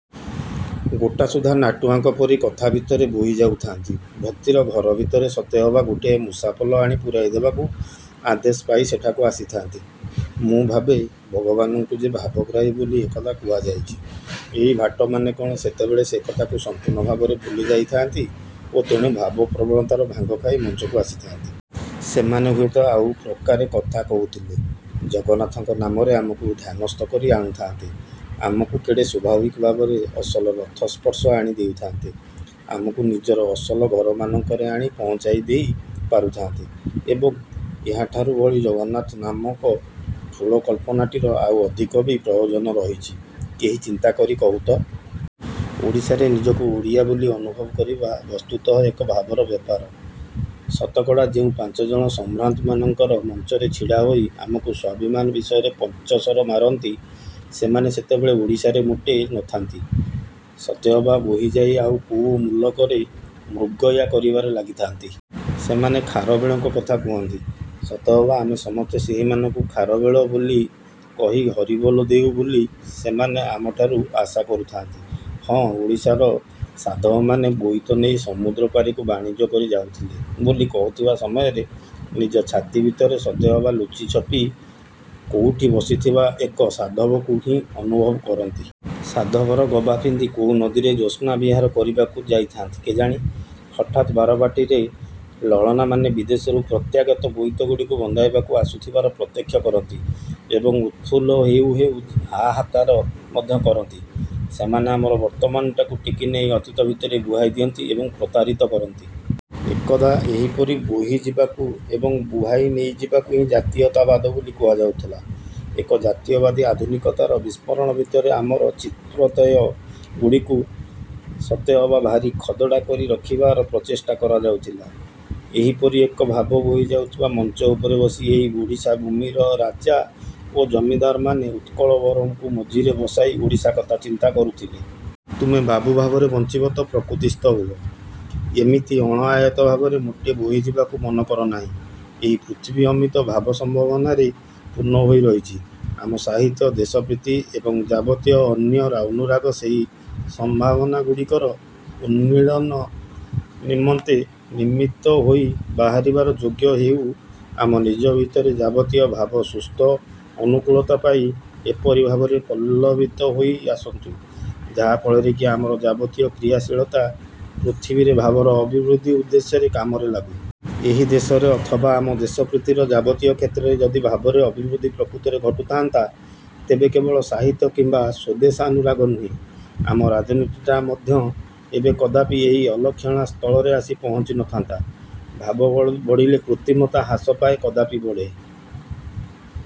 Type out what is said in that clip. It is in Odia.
ଗୋଟାସୁଦ୍ଧା ନାଟୁଆଙ୍କ ପରି କଥା ଭିତରେ ବୋହି ଯାଉଥାନ୍ତି। ଭକ୍ତିର ଘର ଭିତରେ ସତେ ଅବା ଗୋଟାଏ ମୂଷାପଲ ଆଣି ପୂରାଇ ଦେବାକୁ ଆଦେଶ ପାଇ ସେଠାକୁ ଆସିଥାନ୍ତି। ମୁଁ ଭାବେ, ଭଗବାନଙ୍କୁ ଯେ ଭାବଗ୍ରାହୀ ବୋଲି ଏକଦା କୁହାଯାଇଛି, ଏହି ଭାଟମାନେ କ'ଣ ସେତେବେଳେ ସେକଥାକୁ ସଂପୂର୍ଣ୍ଣ ଭାବରେ ଭୁଲି ଯାଇଥାନ୍ତି ଓ ତେଣୁ ଭାବପ୍ରବଣତାର ଭାଙ୍ଗ ଖାଇ ମଞ୍ଚକୁ ଆସିଥାନ୍ତି? ସେମାନେ ହୁଏତ ଆଉ ପ୍ରକାରେ କଥା କହୁଥିଲେ ଜଗନ୍ନାଥଙ୍କ ନାମରେ ଆମକୁ ଧ୍ୟାନସ୍ଥ କରି ଆଣୁଥାନ୍ତେ। ଆମକୁ କେଡ଼େ ସ୍ୱାଭାବିକ ଭାବରେ ଅସଲ ରଥସ୍ପର୍ଶ ଆଣି ଦେଉଥାନ୍ତେ। ଆମକୁ ନିଜର ଅସଲ ଘରମାନଙ୍କରେ ଆଣି ପହଞ୍ଚାଇ ଦେଇ ପାରୁଥାନ୍ତେ। ଏବଂ, ଏହାଠାରୁ ବଳି ଜଗନ୍ନାଥ ନାମକ ଠୁଳ କଳ୍ପନାଟିର ଆଉ ଅଧିକ କି ପ୍ରୟୋଜନ ରହିଛି, କେହି ଚିନ୍ତା କରି କହୁ ତ! ଓଡ଼ିଶାରେ ନିଜକୁ ଓଡ଼ିଆ ବୋଲି ଅନୁଭବ କରିବା ବସ୍ତୁତଃ ଏକ ଭାବର ବ୍ୟାପାର। ଶତକଡ଼ା ଯେଉଁ ପାଞ୍ଚଜଣ ସମ୍ଭ୍ରାନ୍ତମାନଙ୍କର ମଞ୍ଚରେ ଛିଡ଼ା ହୋଇ ଆମକୁ ସ୍ୱାଭିମାନ ବିଷୟରେ ପଞ୍ଚଶର ମାରନ୍ତି, ସେମାନେ ସେତେବେଳେ ଓଡ଼ିଶାରେ ମୋଟେ ନଥାନ୍ତି, ସତେ ଅବା ବୋହିଯାଇ ଆଉ କୋଉ ମୁଲକରେ ମୃଗୟା କରିବାରେ ଲାଗିଥାନ୍ତି। ସେମାନେ ଖାରବେଳଙ୍କ କଥା କହନ୍ତି- ସତେଅବା ଆମେ ସମସ୍ତେ ସେହିମାନଙ୍କୁ ଖାରବେଳ ବୋଲି କହି ହରିବୋଲ ଦେଉ ବୋଲି ସେମାନେ ଆମଠାରୁ ଆଶା କରୁଥାନ୍ତି। ହଁ, ଓଡ଼ିଶାର ସାଧବମାନେ ବୋଇତ ନେଇ ସମୁଦ୍ରପାରିକୁ ବାଣିଜ୍ୟ କରି ଯାଉଥିଲେ ବୋଲି କହୁଥିବା ସମୟରେ ନିଜ ଛାତି ଭିତରେ ସତେ ଅବା ଲୁଚି ଛପି କୋଉଠି ବସିଥିବା ଏକ ସାଧବକୁ ହିଁ ଅନୁଭବ କରନ୍ତି। ସାଧବର ଗଭା ପିନ୍ଧି କୋଉ ନଦୀରେ ଜ୍ୟୋତ୍ସ୍ନା ବିହାର କରିବାକୁ ଯାଇଥାନ୍ତି କେଜାଣି, ହଠାତ୍ ବାରବାଟୀରେ ଲଳନାମାନେ ବିଦେଶରୁ ପ୍ରତ୍ୟାଗତ ବୋଇତଗୁଡ଼ିକୁ ବନ୍ଦାଇବାକୁ ଆସୁଥିବାର ପ୍ରତ୍ୟକ୍ଷ କରନ୍ତି ଏବଂ ଉତ୍ଫୁଲ୍ଲ ହେଉ ହେଉ ହାହାକାର ମଧ୍ୟ କରନ୍ତି। ସେମାନେ ଆମର ବର୍ତ୍ତମାନଟାକୁ ଟେକିନେଇ ଅତୀତ ଭିତରେ ବୁହାଇ ଦିଅନ୍ତି ଏବଂ ପ୍ରତାରିତ କରନ୍ତି। ଏକଦା ଏହିପରି ବୋହିଯିବାକୁ ଏବଂ ବୁହାଇ ନେଇଯିବାକୁ ହିଁ ଜାତୀୟତାବାଦ ବୋଲି କୁହାଯାଉଥିଲା। ଏକ ଜାତୀୟତାବାଦୀ ଆଧୁନିକତାର ବିସ୍ମରଣ ଭିତରେ ଆମର ଚିତ୍ପ୍ରତ୍ୟୟଗୁଡ଼ିକୁ ସତେ ଅବା ଭାରି ଖଦଡ଼ା କରି ରଖିବାର ପ୍ରଚେଷ୍ଟା କରାଯାଉଥିଲା। ଏହିପରି ଏକ ଭାବ ବୋହିଯାଉଥିବା ମଞ୍ଚ ଉପରେ ବସି ଏହି ଓଡ଼ିଶା ଭୂମିର ରାଜା ଓ ଜମିଦାରମାନେ ଉତ୍କଳଗୌରବଙ୍କୁ ମଝିରେ ବସାଇ ଓଡ଼ିଶା କଥା ଚିନ୍ତା କରୁଥିଲେ। ତୁମେ ବାବୁ ଭାବରେ ବଞ୍ଚିବ ତ ପ୍ରକୃତିସ୍ଥ ହୁଅ। ଏମିତି ଅଣଆୟତ୍ତ ଭାବରେ ମୋଟେ ବୋହିଯିବାକୁ ମନ କରନାହିଁ। ଏହି ପୃଥିବୀ ଅମିତ ଭାବ-ସମ୍ଭାବନାରେ ପୂର୍ଣ୍ଣ ହୋଇରହିଛି। ଆମ ସାହିତ୍ୟ, ଦେଶପ୍ରୀତି ଏବଂ ଯାବତୀୟ ଅନ୍ୟ ଅନୁରାଗ ସେହି ସମ୍ଭାବନାଗୁଡ଼ିକର ଉନ୍ମୀଳନ ନିମନ୍ତେ ନିମିତ୍ତ ହୋଇ ବାହାରିବାର ଯୋଗ୍ୟ ହେଉ ଆମ ନିଜ ଭିତରେ ଯାବତୀୟ ଭାବ ସୁସ୍ଥ ଅନୁକୂଳତା ପାଇ ଏପରି ଭାବରେ ପଲ୍ଲବିତ ହୋଇ ଆସନ୍ତୁ, ଯାହା ଫଳରେ କି ଆମର ଯାବତୀୟ କ୍ରିୟାଶୀଳତା ପୃଥିବୀରେ ଭାବର ଅଭିବୃଦ୍ଧି ଉଦ୍ଦେଶ୍ୟରେ କାମରେ ଲାଗୁ। ଏହି ଦେଶରେ ଅଥବା ଆମ ଦେଶପ୍ରୀତିର ଯାବତୀୟ କ୍ଷେତ୍ରରେ ଯଦି ଭାବରେ ଅଭିବୃଦ୍ଧି ପ୍ରକୃତରେ ଘଟୁଥାନ୍ତା, ତେବେ କେବଳ ସାହିତ୍ୟ କିମ୍ବା ସ୍ୱଦେଶାନୁରାଗ ନୁହେଁ, ଆମ ରାଜନୀତିଟା ମଧ୍ୟ ଏବେ କଦାପି ଏହି ଅଲକ୍ଷଣା ସ୍ତରରେ ଆସି ପହଞ୍ଚି ନଥାନ୍ତା। ଭାବ ବଢ଼ିଲେ କୃତ୍ରିମତା ହ୍ରାସ ପାଏ, କଦାପି ବଢ଼େ